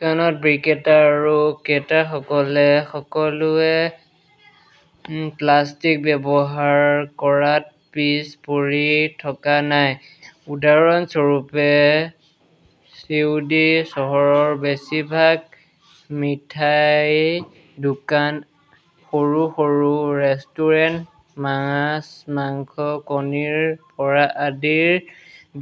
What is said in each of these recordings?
দোকানত বিক্ৰেতা আৰু ক্ৰেতাসকলে সকলোৱে প্লাষ্টিক ব্যৱহাৰ কৰাত পিছ পৰি থকা নাই। উদাহৰণস্বৰূপে, চিউডি চহৰৰ বেছিভাগ মিঠাইৰ দোকান, সৰু - সৰু ৰেষ্টুৰেণ্ট, মাছ, মাংস, কণীৰ পৰা আদিৰ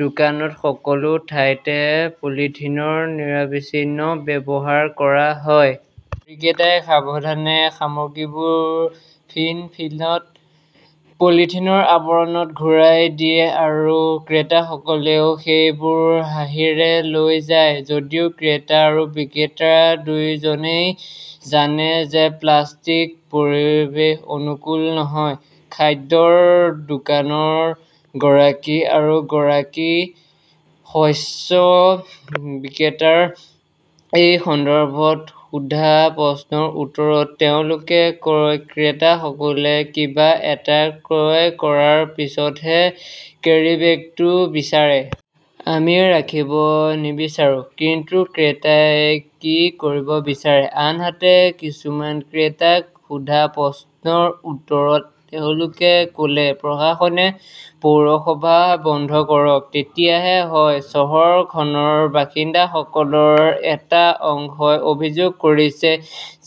দোকানত সকলো ঠাইতে পলিথিনৰ নিৰবিচ্ছিন্ন ব্যৱহাৰ কৰা হয়। বিক্ৰেতাই সাৱধানে সামগ্ৰীবোৰ ফিনফিনত পলিথিনৰ আৱৰণত ঘূৰাই দিয়ে আৰু ক্ৰেতাসকলেও সেইবোৰ হাঁহিৰে লৈ যায়। যদিও ক্ৰেতা আৰু বিক্ৰেতা দুয়োজনেই জানে যে প্লাষ্টিক পৰিৱেশ অনুকূল নহয়। খাদ্যৰ দোকানৰ গৰাকী আৰু এগৰাকী শস্য বিক্ৰেতাক এই সন্দৰ্ভত সোধা প্ৰশ্নৰ উত্তৰত তেওঁলোকে কয়, ক্ৰেতাসকলে কিবা এটা ক্ৰয় কৰাৰ পিছতহে কেৰীবেগটো বিচাৰে। আমি ৰাখিব নিবিচাৰো। কিন্তু ক্ৰেতাই কি কৰিব বিচাৰে। আনহাতে কিছুমান ক্ৰেতাক সোধা প্ৰশ্নৰ উত্তৰত তেওঁলোকে কলে, প্ৰশাসনে পৌৰসভা বন্ধ কৰক তেতিয়াহে হয়। চহৰখনৰ বাসিন্দাসকলৰ এটা অংশই অভিযোগ কৰিছে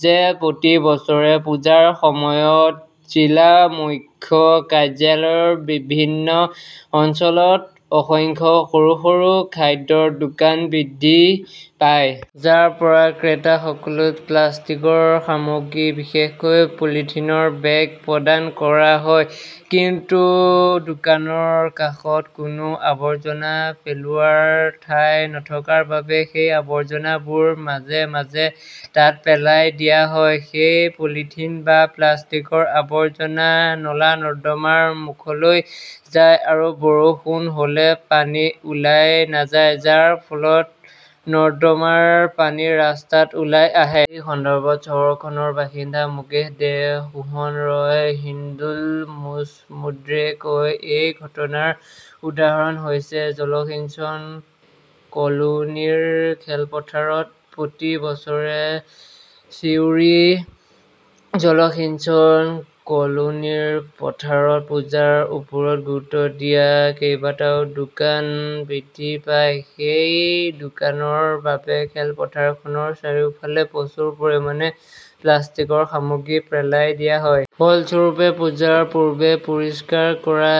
যে প্ৰতি বছৰে পূজাৰ সময়ত জিলা মুখ্য কাৰ্যালয়ৰ বিভিন্ন অঞ্চলত অসংখ্য সৰু - সৰু খাদ্যৰ দোকান বৃদ্ধি পায়। যাৰ পৰা ক্ৰেতাসকলক প্লাষ্টিকৰ সামগ্ৰী, বিশেষকৈ পলিথিনৰ বেগ প্ৰদান কৰা হয়। কিন্তু দোকানৰ কাষত কোনো আৱৰ্জনা পেলোৱাৰ ঠাই নথকাৰ বাবে সেই আৱৰ্জনাবোৰ মাজে - মাজে তাত পেলাই দিয়া হয়। সেই পলিথিন বা প্লাষ্টিকৰ আৱৰ্জনা নলা-নৰ্দমাৰ মুখলৈ যায় আৰু বৰষুণ হ'লে পানী ওলাই নাযায়, যাৰ ফলত নৰ্দমাৰ পানী ৰাস্তাত ওলাই আহে। ইয়াৰ সন্দৰ্ভত চহৰখনৰ বাসিন্দা মুকেশ দে, সোহন ৰয়, হিন্দোল মজমুদ্ৰে কয়, এই ঘটনাৰ উদাহৰণ হৈছে জলসিঞ্চন কলোনীৰ খেলপথাৰ। প্ৰতি বছৰে চিউৰি জলসিঞ্চন কলোনীৰ পথাৰত পূজাৰ ওপৰত গুৰুত্ব দিয়া কেইবাটাও দোকান বৃদ্ধি পায়। সেই দোকানৰ বাবে খেলপথাৰখনৰ চাৰিওফালে প্ৰচুৰ পৰিমাণে প্লাষ্টিকৰ সামগ্ৰী পেলাই দিয়া হয়। ফলস্বৰূপে, পূজাৰ পূৰ্বে পৰিষ্কাৰ কৰা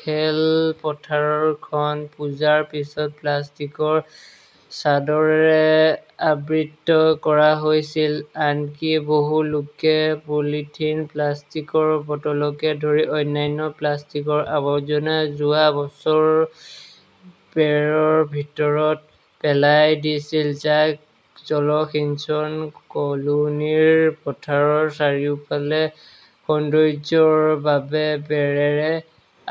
খেলপথাৰখন পূজাৰ পিছত প্লাষ্টিকৰ চাদৰেৰে আবৃত কৰা হৈছিল। আনকি বহু লোকে পলিথিন, প্লাষ্টিকৰ বটলকে ধৰি অন্যান্য প্লাষ্টিকৰ আৱৰ্জনা যোৱা বছৰ বেৰৰ ভিতৰত পেলাই দিছিল, যাক জলসিঞ্চন কলোনীৰ পথাৰৰ চাৰিওফালে সৌন্দৰ্য্যৰ বাবে বেৰেৰে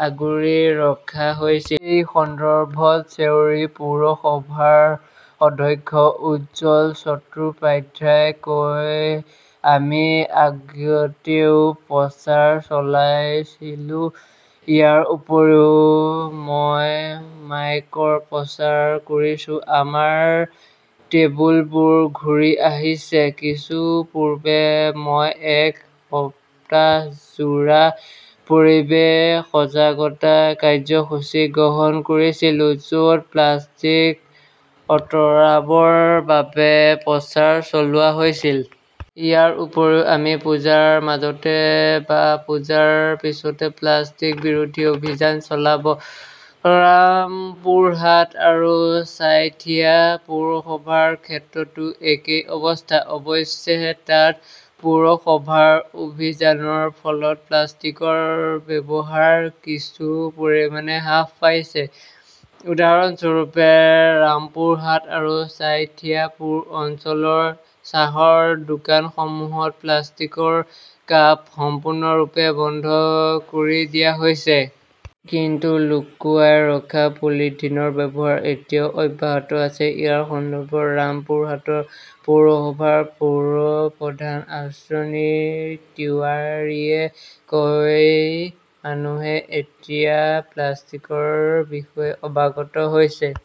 আগুৰি ৰখা হৈছিল। এই সন্দৰ্ভত চিউৰি পৌৰসভাৰ অধ্যক্ষ উজ্জ্বল চট্টোপাধ্যায়ই কয়, আমি আগতেও প্ৰচাৰ চলাইছিলো। ইয়াৰ উপৰিও মই মাইকৰ প্ৰচাৰ কৰিছো। আমাৰ টেবুলবোৰ ঘূৰি আহিছে। কিছুদিন পূৰ্বে মই এক সপ্তাহজোৰা পৰিৱেশ সজাগতা কাৰ্যসূচী গ্ৰহণ কৰিছিলো য 'ত প্লাষ্টিক আতৰোৱাৰ বাবে প্ৰচাৰ চলোৱা হৈছিল। ইয়াৰ উপৰিও আমি পূজাৰ মাজতে বা পূজাৰ পিছতে প্লাষ্টিক বিৰোধী অভিযান চলাব। ৰামপুৰহাট আৰু ছাইথিয়া পৌৰসভাৰ ক্ষেত্ৰতো একেই অৱস্থা। অৱশ্যে, তাত পৌৰসভাৰ অভিযানৰ ফলত প্লাষ্টিকৰ ব্যৱহাৰ কিছু পৰিমাণে হ্ৰাস পাইছে। উদাহৰণস্বৰূপে, ৰামপুৰহাট আৰু ছাইথিয়া পুৰ অঞ্চলৰ চাহৰ দোকানসমূহত প্লাষ্টিকৰ কাপ সম্পূৰ্ণৰূপে বন্ধ কৰি দিয়া হৈছে। কিন্তু লুকুৱাই ৰখা পলিথিনৰ ব্যৱহাৰ এতিয়াও অব্যাহত আছে। ইয়াৰ সন্দৰ্ভত ৰামপুৰহাট পৌৰসভাৰ পৌৰ প্ৰধান অশ্বিনী তিৱাৰীয়ে কয়, মানুহে এতিয়া প্লাষ্টিকৰ বিষয়ে অৱগত হৈছে।